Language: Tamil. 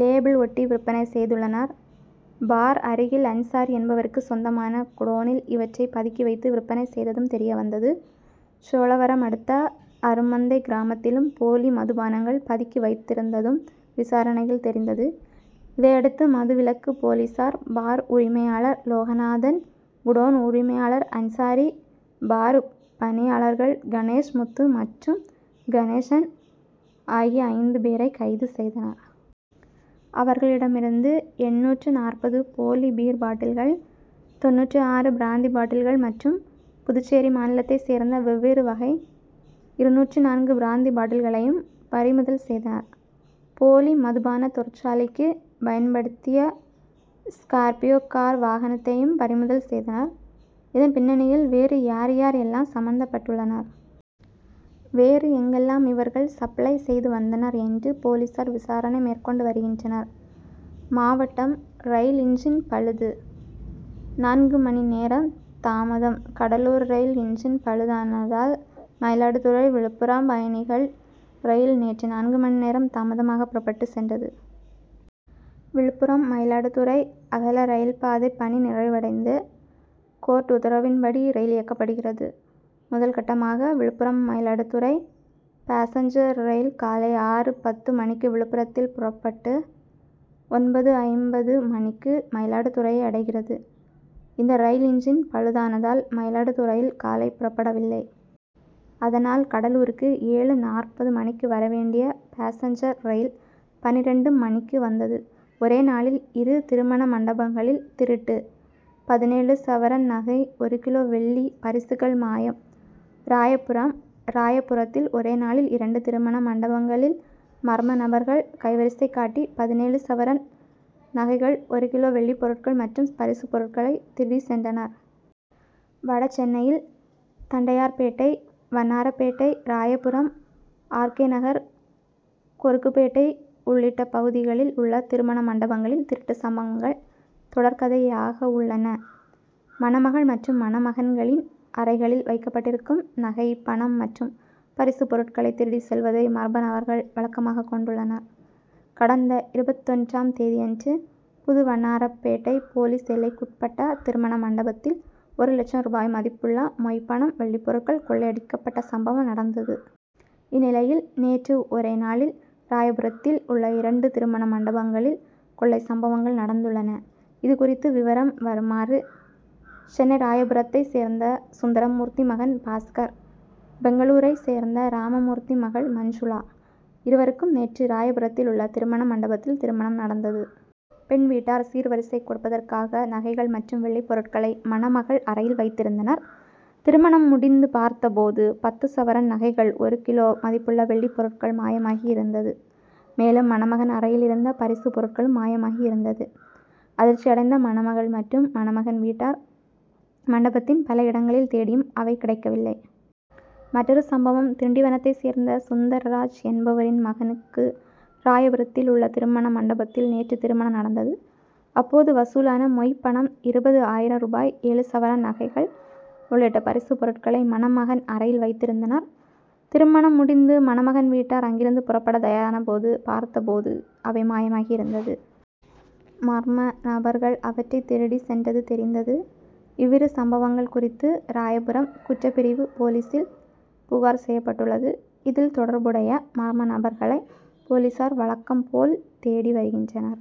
லேபிள் ஒட்டி விற்பனை செய்துள்ளனர். பார் அருகில் அன்சாரி என்பவருக்கு சொந்தமான குடோனில் இவற்றை பதுக்கி வைத்து விற்பனை செய்ததும் தெரியவந்தது. சோழவரம் அடுத்த அருமந்தை கிராமத்திலும் போலி மதுபானங்கள் பதுக்கி வைத்திருந்ததும் விசாரணையில் தெரிந்தது. இதையடுத்து மதுவிலக்கு போலீசார் பார் உரிமையாளர் லோகநாதன் குடோன் உரிமையாளர் அன்சாரி பார் பணியாளர்கள் கணேஷ் முத்து மற்றும் கணேசன் ஆகிய ஐந்து பேரை கைது செய்தனர். அவர்களிடமிருந்து எண்ணூற்று நாற்பது போலி பீர் பாட்டில்கள் தொண்ணூற்று ஆறு பிராந்தி பாட்டில்கள் மற்றும் புதுச்சேரி மாநிலத்தை சேர்ந்த வெவ்வேறு வகை இருநூற்று நான்கு பிராந்தி பாட்டில்களையும் பறிமுதல் செய்தனர். போலி மதுபான தொழிற்சாலைக்கு பயன்படுத்திய ஸ்கார்பியோ கார் வாகனத்தையும் பறிமுதல் செய்தனர். இதன் பின்னணியில் வேறு யார் யார் எல்லாம் சம்பந்தப்பட்டுள்ளனர்? வேறு எங்கெல்லாம் இவர்கள் சப்ளை செய்து வந்தனர்? என்று போலீசார் விசாரணை மேற்கொண்டு வருகின்றனர். மாவட்டம் ரயில் இன்ஜின் பழுது நான்கு மணி நேரம் தாமதம் கடலூர் ரயில் இன்ஜின் பழுதானதால் மயிலாடுதுறை விழுப்புரம் பயணிகள் ரயில் நேற்று நான்கு மணி நேரம் தாமதமாக புறப்பட்டுச் சென்றது. விழுப்புரம் மயிலாடுதுறை அகல ரயில் பாதை பணி நிறைவடைந்து கோர்ட் உத்தரவின்படி ரயில் இயக்கப்படுகிறது. முதல் கட்டமாக விழுப்புரம் மயிலாடுதுறை பாசஞ்சர் ரயில் காலை ஆறு பத்து மணிக்கு விழுப்புரத்தில் புறப்பட்டு ஒன்பது ஐம்பது மணிக்கு மயிலாடுதுறையை அடைகிறது. இந்த ரயில் இன்ஜின் பழுதானதால் மயிலாடுதுறையில் காலை புறப்படவில்லை. அதனால் கடலூருக்கு ஏழு நாற்பது மணிக்கு வர வேண்டிய பாசஞ்சர் ரயில் பன்னிரண்டு மணிக்கு வந்தது. ஒரே நாளில் இரு திருமண மண்டபங்களில் திருட்டு பதினேழு சவரன் நகை ஒரு கிலோ வெள்ளி பரிசுகள் மாயம் ராயபுரம் ராயபுரத்தில் ஒரே நாளில் இரண்டு திருமண மண்டபங்களில் மர்ம நபர்கள் கைவரிசை காட்டி பதினேழு சவரன் நகைகள் ஒரு கிலோ வெள்ளிப்பொருட்கள் மற்றும் பரிசு பொருட்களை திருடிச் சென்றனர். வடசென்னையில் தண்டையார்பேட்டை வண்ணாரபேட்டை ராயபுரம் ஆர். கே. நகர் கொருக்குபேட்டை உள்ளிட்ட பகுதிகளில் உள்ள திருமண மண்டபங்களில் திருட்டு சம்பவங்கள் தொடர்கதையாகவுள்ளன. மணமகள் மற்றும் மணமகன்களின் அறைகளில் வைக்கப்பட்டிருக்கும் நகை பணம் மற்றும் பரிசு பொருட்களை திருடிச் செல்வதை மர்மநபர்கள் வழக்கமாகக் கொண்டுள்ளனர். கடந்த இருபத்தொன்றாம் தேதியன்று புது வண்ணாரபேட்டை போலீஸ் எல்லைக்குட்பட்ட திருமண மண்டபத்தில் ஒரு லட்சம் ரூபாய் மதிப்புள்ள மொய் பணம் வெள்ளிப் பொருட்கள் கொள்ளையடிக்கப்பட்ட சம்பவம் நடந்தது. இந்நிலையில் நேற்று ஒரே நாளில் ராயபுரத்தில் உள்ள இரண்டு திருமண மண்டபங்களில் கொள்ளை சம்பவங்கள் நடந்துள்ளன. இது குறித்த விவரம் வருமாறு சென்னை ராயபுரத்தைச் சேர்ந்த சுந்தரமூர்த்தி மகன் பாஸ்கர். பெங்களூரைச் சேர்ந்த ராமமூர்த்தி மகள் மஞ்சுளா. இருவருக்கும் நேற்று ராயபுரத்தில் உள்ள திருமண மண்டபத்தில் திருமணம் நடந்தது. பெண் வீட்டார் சீர்வரிசை கொடுப்பதற்காக நகைகள் மற்றும் வெள்ளி பொருட்களை மணமகள் அறையில் வைத்திருந்தனர். திருமணம் முடிந்து பார்த்தபோது பத்து சவரன் நகைகள் ஒரு கிலோ மதிப்புள்ள வெள்ளி பொருட்கள் மாயமாகி இருந்தது. மேலும் மணமகன் அறையில் இருந்த பரிசு பொருட்களும் மாயமாகி இருந்தது. அதிர்ச்சி அடைந்த மணமகள் மற்றும் மணமகன் வீட்டார் மண்டபத்தின் பல இடங்களில் தேடியும் அவை கிடைக்கவில்லை. மற்றொரு சம்பவம் திண்டிவனத்தைச் சேர்ந்த சுந்தர்ராஜ் என்பவரின் மகனுக்கு ராயபுரத்தில் உள்ள திருமண மண்டபத்தில் நேற்று திருமணம் நடந்தது. அப்போது வசூலான மொய் பணம் இருபது ஆயிரம் ரூபாய் ஏழு சவரன் நகைகள் உள்ளிட்ட பரிசு பொருட்களை மணமகன் அறையில் வைத்திருந்தனர். திருமணம் முடிந்து மணமகன் வீட்டார் அங்கிருந்து புறப்பட தயாரானபோது பார்த்தபோது அவை மாயமாகி இருந்தது. மர்மநபர்கள் அவற்றை திருடிச் சென்றது தெரிந்தது. இவ்விரு சம்பவங்கள் குறித்து ராயபுரம் குற்றப்பிரிவு போலீசில் புகார் செய்யப்பட்டுள்ளது. இதில் தொடர்புடைய மர்ம நபர்களை போலீசார் வழக்கம் போல் தேடி வருகின்றனர்.